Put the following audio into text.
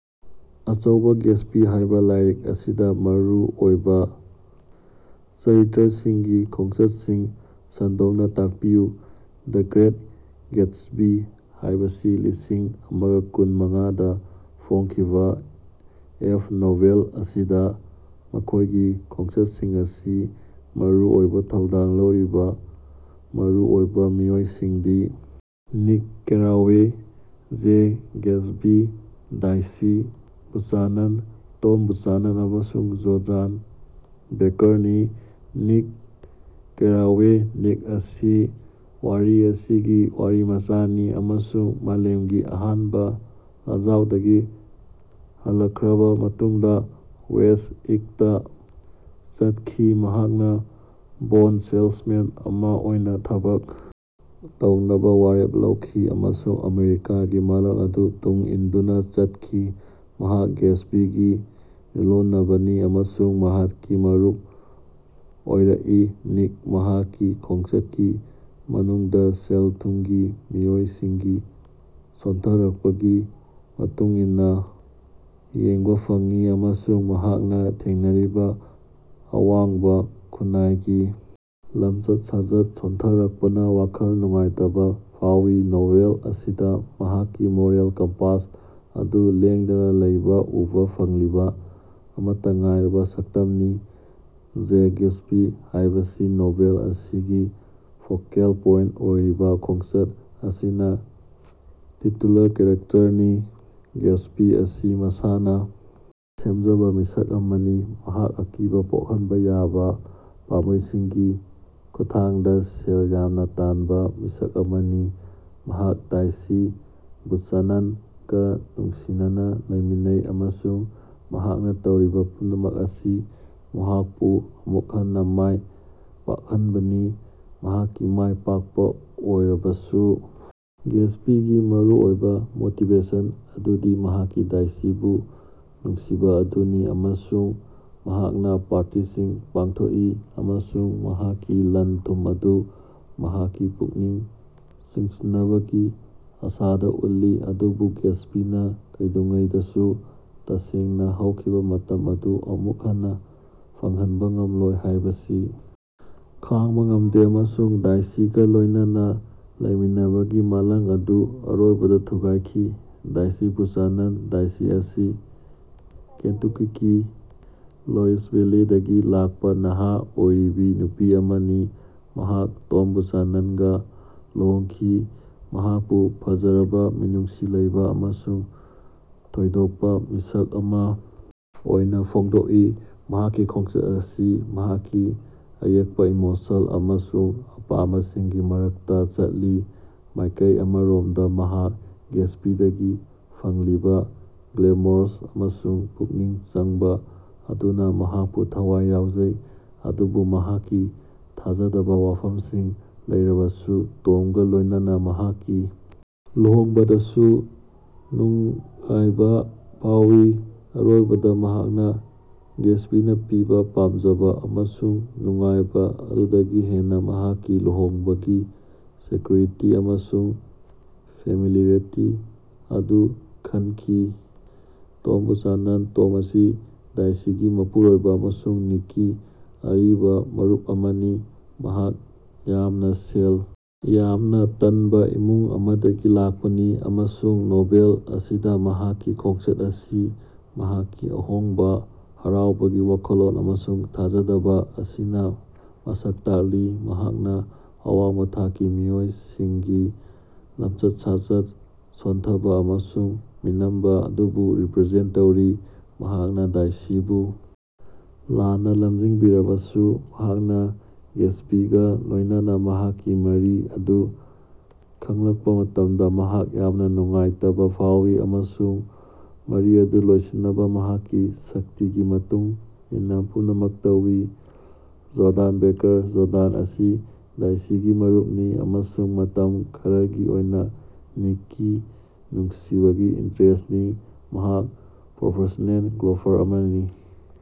"ꯑꯆꯧꯕꯥ ꯒ꯭ꯌꯦꯇꯁꯕꯤ ꯍꯥꯏꯕꯥ ꯂꯥꯏꯔꯤꯛ ꯑꯁꯤꯗꯥ ꯃꯔꯨ ꯑꯣꯏꯕꯥ ꯆꯔꯤꯇ꯭ꯔꯁꯤꯡꯒꯤ ꯈꯣꯡꯆꯠꯁꯤꯡ ꯁꯟꯗꯣꯛꯅꯥ ꯇꯥꯛꯄꯤꯌꯨ꯫"ꯗꯤ ꯒ꯭ꯔꯦꯠ ꯒ꯭ꯌꯦꯇꯁꯕꯤ" ꯍꯥꯏꯕꯁꯤ ꯂꯤꯁꯤꯡ ꯑꯃꯒ ꯀꯨꯟ ꯃꯉꯥ ꯗꯥ ꯐꯣꯡꯈꯤꯕꯥ ꯑꯦꯐ. ꯅꯣꯚꯦꯜ ꯑꯁꯤꯗꯥ ꯃꯈꯣꯏꯒꯤ ꯈꯣꯡꯆꯠꯁꯤꯡ ꯑꯁꯤ ꯃꯔꯨ ꯑꯣꯏꯕꯥ ꯊꯧꯗꯥꯡ ꯂꯧꯔꯤꯕꯥ ꯃꯔꯨ ꯑꯣꯏꯕꯥ ꯃꯤꯑꯣꯏꯁꯤꯡꯗꯤ Nick Carraway, Jay Gatsby, Daisy Buchanan, Tom Buchanan ꯑꯃꯁꯨꯡ ꯖꯣꯔꯗꯥꯟ ꯕꯦꯀꯥꯔꯅꯤ꯫ ꯅꯤꯛ ꯀꯦꯔꯥꯋꯦ ꯅꯤꯛ ꯑꯁꯤ ꯋꯥꯔꯤ ꯑꯁꯤꯒꯤ ꯋꯥꯔꯤꯃꯆꯥꯅꯤ ꯑꯃꯁꯨꯡ ꯃꯥꯂꯦꯝꯒꯤ ꯑꯍꯥꯟꯕ ꯂꯥꯟꯖꯥꯎꯗꯒꯤ ꯍꯜꯂꯛꯈꯔꯕꯥ ꯃꯇꯨꯡꯗꯥ ꯋꯦꯁ꯭ꯠ ꯑꯦꯒꯇꯥ ꯆꯠꯈꯤ꯫ ꯃꯍꯥꯛꯅꯥ ꯕꯣꯟꯗ ꯁꯦꯜꯂꯁꯃꯦꯟ ꯑꯃꯥ ꯑꯣꯏꯅꯥ ꯊꯕꯛ ꯇꯧꯅꯕꯥ ꯋꯥꯔꯦꯞ ꯂꯧꯈꯤ꯫ ꯑꯃꯁꯨꯡ ꯑꯃꯦꯔꯤꯀꯥꯒꯤ ꯃꯪꯂꯥꯟ ꯑꯗꯨ ꯇꯨꯡ ꯏꯟꯗꯨꯅꯥ ꯆꯠꯈꯤ꯫ ꯃꯍꯥꯛ ꯒ꯭ꯌꯦꯇꯁꯕꯤꯒꯤ ꯌꯨꯝꯂꯣꯟꯅꯕꯅꯤ ꯑꯃꯁꯨꯡ ꯃꯍꯥꯛꯀꯤ ꯃꯔꯨꯞ ꯑꯣꯏꯔꯛꯏ꯫ ꯅꯤꯛ ꯃꯍꯥꯛꯀꯤ ꯈꯣꯡꯆꯠꯀꯤ ꯃꯅꯨꯡꯗꯥ ꯁꯦꯜ-ꯊꯨꯝꯒꯤ ꯃꯤꯑꯣꯏꯁꯤꯡꯒꯤ ꯁꯣꯟꯊꯔꯛꯄꯒꯤ ꯃꯇꯨꯡ ꯏꯟꯅꯥ ꯌꯦꯡꯕꯥ ꯐꯪꯏ꯫ ꯑꯃꯁꯨꯡ ꯃꯍꯥꯛꯅꯥ ꯊꯦꯡꯅꯔꯤꯕꯥ ꯑꯋꯥꯡꯕꯥ ꯈꯨꯟꯅꯥꯏꯒꯤ ꯂꯝꯆꯠ-ꯁꯥꯖꯠ ꯁꯣꯟꯊꯔꯛꯄꯅꯥ ꯋꯥꯈꯜ ꯅꯨꯡꯉꯥꯏꯇꯕꯥ ꯐꯥꯎꯏ꯫ ꯅꯣꯚꯦꯜ ꯑꯁꯤꯗꯥ ꯃꯍꯥꯛꯀꯤ ꯃꯣꯔꯦꯜ ꯀꯝꯄꯥꯁ ꯑꯗꯨ ꯂꯦꯡꯗꯅꯥ ꯂꯩꯕꯥ ꯎꯕꯥ ꯐꯪꯂꯤꯕꯥ ꯑꯃꯠꯇꯥ ꯉꯥꯏꯔꯕꯥ ꯁꯛꯇꯃꯅꯤ꯫ ꯖꯦ ꯒ꯭ꯌꯦꯇꯁꯕꯤ ꯍꯥꯏꯕꯁꯤ ꯅꯣꯚꯦꯜ ꯑꯁꯤꯒꯤ ꯐꯣꯀꯦꯜ ꯄꯣꯏꯟꯇ ꯑꯣꯏꯔꯤꯕꯥ ꯈꯣꯡꯆꯠ ꯑꯁꯤꯅꯥ ꯇꯤꯇꯨꯂꯔ ꯀꯦꯔꯦꯛꯇ꯭ꯔꯅꯤ꯫ ꯒ꯭ꯌꯦꯇꯁꯕꯤ ꯑꯁꯤ ꯃꯁꯥꯅꯥ ꯁꯦꯝꯖꯕꯥ ꯃꯤꯁꯛ ꯑꯃꯅꯤ꯫ ꯃꯍꯥꯛ ꯑꯀꯤꯕꯥ ꯄꯣꯛꯍꯟꯕꯥ ꯌꯥꯕꯥ ꯄꯥꯝꯕꯩꯁꯤꯡꯒꯤ ꯈꯨꯠꯊꯥꯡꯗꯥ ꯁꯦꯜ ꯌꯥꯝꯅꯥ ꯇꯥꯟꯕꯥ ꯃꯤꯁꯛ ꯑꯃꯅꯤ꯫ ꯃꯍꯥꯛ ꯗꯥꯏꯁꯤ ꯕꯨꯆꯥꯅꯟꯒꯥ ꯅꯨꯡꯁꯤꯅꯅꯥ ꯂꯩꯃꯤꯟꯅꯩ꯫ ꯑꯃꯁꯨꯡ ꯃꯍꯥꯛꯅꯥ ꯇꯧꯔꯤꯕꯥ ꯄꯨꯝꯅꯃꯛ ꯑꯁꯤ ꯃꯍꯥꯛꯄꯨ ꯑꯃꯨꯛ ꯍꯟꯅꯥ ꯃꯥꯏ ꯄꯥꯛꯍꯟꯕꯅꯤ꯫ ꯃꯍꯥꯛꯀꯤ ꯃꯥꯌ ꯄꯥꯛꯄꯥ ꯑꯣꯏꯔꯕꯁꯨ ꯒ꯭ꯌꯦꯇꯁꯕꯤꯒꯤ ꯃꯔꯨꯑꯣꯏꯕꯥ ꯃꯣꯇꯤꯕꯦꯁꯟ ꯑꯗꯨꯗꯤ ꯃꯍꯥꯛꯀꯤ ꯗꯥꯏꯁꯤꯕꯨ ꯅꯨꯡꯁꯤꯕꯥ ꯑꯗꯨꯅꯤ꯫ ꯑꯃꯁꯨꯡ ꯃꯍꯥꯛꯅꯥ ꯄꯥꯔꯇꯤꯁꯤꯡ ꯄꯥꯡꯊꯣꯛꯏ ꯫ꯑꯃꯁꯨꯡ ꯃꯍꯥꯛꯀꯤ ꯂꯟ-ꯊꯨꯝ ꯑꯗꯨ ꯃꯍꯥꯛꯀꯤ ꯄꯨꯛꯅꯤꯡ ꯆꯤꯡꯁꯤꯅꯕꯒꯤ ꯑꯥꯁꯥꯗꯥ ꯎꯠꯂꯤ꯫ ꯑꯗꯨꯕꯨ ꯒ꯭ꯌꯦꯇꯁꯕꯤꯅꯥ ꯀꯩꯗꯧꯉꯩꯗꯁꯨ ꯇꯁꯦꯡꯅꯥ ꯍꯧꯈꯤꯕꯥ ꯃꯇꯝ ꯑꯗꯨ ꯑꯃꯨꯛ ꯍꯟꯅꯥ ꯐꯪꯍꯟꯕꯥ ꯉꯝꯂꯣꯏ ꯍꯥꯏꯕꯁꯤ ꯈꯡꯕꯥ ꯉꯝꯗꯦ꯫ ꯑꯃꯁꯨꯡ ꯗꯦꯖꯤꯒꯥ ꯂꯣꯏꯅꯅꯥ ꯂꯩꯃꯤꯟꯅꯕꯒꯤ ꯃꯥꯂꯪ ꯑꯗꯨ ꯑꯔꯣꯏꯕꯗꯥ ꯊꯨꯒꯥꯏꯈꯤ꯫ ꯗꯦꯖꯤꯁꯤ ꯕꯨꯀꯥꯅꯟ ꯗꯦꯖꯤ ꯑꯁꯤ ꯀꯦꯟꯇꯨꯀꯤꯒꯤ ꯂꯨꯏꯁꯚꯤꯂꯦꯗꯒꯤ ꯂꯥꯛꯄꯥ ꯅꯍꯥ ꯑꯣꯏꯔꯤꯕꯤ ꯅꯨꯄꯤ ꯑꯃꯅꯤ꯫ ꯃꯍꯥꯛ ꯇꯝ ꯕꯨꯆꯥꯅꯅꯒꯥ ꯂꯨꯍꯣꯡꯈꯤ꯫ ꯃꯍꯥꯛꯄꯨ ꯐꯖꯔꯕꯥ, ꯃꯤꯅꯨꯡꯁꯤ ꯂꯩꯕꯥ ꯑꯃꯁꯨꯡ ꯊꯣꯏꯗꯣꯀꯄꯥ ꯃꯤꯁꯛ ꯑꯃꯥ ꯑꯣꯏꯅꯥ ꯐꯣꯡꯗꯣꯛꯏ꯫ ꯃꯍꯥꯛꯀꯤ ꯈꯣꯡꯆꯠ ꯑꯁꯤ ꯃꯍꯥꯛꯀꯤ ꯑꯌꯦꯠꯄꯥ ꯏꯃꯣꯁꯟ ꯑꯃꯁꯨꯡ ꯑꯄꯥꯝꯕꯁꯤꯡꯒꯤ ꯃꯔꯛꯇꯥ ꯆꯠꯂꯤ꯫ ꯃꯥꯌꯀꯩ ꯑꯃꯔꯣꯃꯗꯥ ꯃꯍꯥꯛ ꯒ꯭ꯌꯦꯇꯁꯕꯤꯗꯒꯤ ꯐꯪꯂꯤꯕꯥ ꯒ꯭ꯂꯦꯃꯣꯔꯁ ꯑꯃꯁꯨꯡ ꯄꯨꯛꯅꯤꯡ ꯆꯪꯕꯥ ꯑꯗꯨꯅꯥ ꯃꯍꯥꯀꯄꯨ ꯊꯋꯥꯏ ꯌꯥꯎꯖꯩ ꯑꯗꯨꯕꯨ ꯃꯍꯥꯛꯀꯤ ꯊꯥꯖꯗꯕꯥ ꯋꯥꯐꯝꯁꯤꯡ ꯂꯩꯔꯕꯁꯨ ꯇꯣꯝꯒꯥ ꯂꯣꯏꯅꯅꯥ ꯃꯍꯥꯛꯀꯤ ꯂꯨꯍꯣꯡꯕꯗꯁꯨ ꯅꯨꯡꯉꯥꯏꯕꯥ ꯐꯥꯑꯣꯏ꯫ ꯑꯔꯣꯏꯕꯗꯥ ꯃꯍꯥꯛꯅꯥ ꯒ꯭ꯌꯦꯇꯁꯕꯤꯅꯥ ꯄꯤꯕꯥ ꯄꯥꯝꯖꯕꯥ ꯑꯃꯁꯨꯡ ꯅꯨꯡꯉꯥꯏꯕꯥ ꯑꯗꯨꯗꯒꯤ ꯍꯦꯟꯅꯥ ꯃꯍꯥꯛꯀꯤ ꯂꯨꯍꯣꯡꯕꯒꯤ ꯁꯦꯛꯌꯨꯔꯤꯇꯤ ꯑꯃꯁꯨꯡ ꯐꯦꯃꯤꯂꯤꯌ꯭ꯔꯤꯇꯤ ꯑꯗꯨ ꯈꯟꯈꯤ꯫ ꯇꯣꯝ ꯕꯨꯆꯥꯅꯟ ꯇꯣꯝ ꯑꯁꯤ ꯗꯦꯖꯤꯒꯤ ꯃꯄꯨꯔꯣꯏꯕꯥ ꯑꯃꯁꯨꯡ ꯅꯤꯛꯀꯤ ꯑꯔꯤꯕꯥ ꯃꯔꯨꯞ ꯑꯃꯅꯤ꯫ ꯃꯍꯥꯛ ꯌꯥꯝꯅꯥ ꯁꯦꯜ ꯌꯥꯝꯅꯥ ꯇꯥꯟꯕꯥ ꯏꯃꯨꯡ ꯑꯃꯗꯒꯤ ꯂꯥꯀꯄꯅꯤ꯫ ꯑꯃꯁꯨꯡ ꯅꯣꯚꯦꯜ ꯑꯁꯤꯗꯥ ꯃꯍꯥꯛꯀꯤ ꯈꯣꯡꯆꯠ ꯑꯁꯤ ꯃꯍꯥꯛꯀꯤ ꯑꯍꯣꯡꯕꯥ ꯍꯔꯥꯎꯕꯒꯤ ꯋꯥꯈꯜꯂꯣꯟ ꯑꯃꯁꯨꯡ ꯊꯥꯖꯗꯕꯥ ꯑꯁꯤꯅꯥ ꯃꯁꯛ ꯇꯥꯛꯂꯤ꯫ ꯃꯍꯥꯛꯅꯥ ꯑꯋꯥꯡꯕꯥ ꯊꯥꯛꯀꯤ ꯃꯤꯑꯣꯏꯁꯤꯡꯒꯤ ꯂꯝꯆꯠ-ꯁꯥꯖꯠ ꯁꯣꯟꯊꯕꯥ ꯑꯃꯁꯨꯡ ꯃꯤꯅꯝꯕꯥ ꯑꯗꯨꯕꯨ ꯔꯤꯞ꯭ꯔꯖꯦꯟꯇ ꯇꯧꯔꯤ꯫ ꯃꯍꯥꯛꯅꯥ ꯗꯥꯏꯁꯤꯕꯨ ꯂꯥꯟꯅꯥ ꯂꯃꯖꯤꯡꯕꯤꯔꯕꯁꯨ, ꯃꯍꯥꯛꯅꯥ ꯒ꯭ꯌꯦꯇꯁꯕꯤꯒꯥ ꯂꯣꯏꯅꯅꯥ ꯃꯍꯥꯛꯀꯤ ꯃꯔꯤ ꯑꯗꯨ ꯈꯡꯂꯛꯄꯥ ꯃꯇꯝꯗꯥ ꯃꯍꯥꯛ ꯌꯥꯝꯅꯥ ꯅꯨꯡꯉꯥꯏꯇꯕꯥ ꯐꯥꯎꯏ꯫ ꯑꯃꯁꯨꯡ ꯃꯔꯤ ꯑꯗꯨ ꯂꯣꯏꯁꯤꯟꯅꯕꯥ ꯃꯍꯥꯛꯀꯤ ꯁꯛꯇꯤꯒꯤ ꯃꯇꯨꯡ ꯏꯟꯅꯥ ꯄꯨꯝꯅꯃꯛ ꯇꯧꯏ꯫ ꯖꯣꯔꯗꯥꯟ ꯕꯦꯀꯥꯔ ꯖꯣꯔꯗꯥꯟ ꯑꯁꯤ ꯗꯥꯏꯁꯤꯒꯤ ꯃꯔꯨꯄꯅꯤ꯫ ꯑꯃꯁꯨꯡ ꯃꯇꯝ ꯈꯔꯒꯤ ꯑꯣꯏꯅꯥ ꯅꯤꯛꯀꯤ ꯅꯨꯡꯁꯤꯕꯒꯤ ꯏꯟꯇꯔꯦꯁ꯭ꯠꯅꯤ꯫ ꯃꯍꯥꯛ ꯄ꯭ꯔꯣꯐꯦꯁ꯭ꯅꯦꯜ ꯒꯣꯐꯔ ꯑꯃꯅꯤ꯫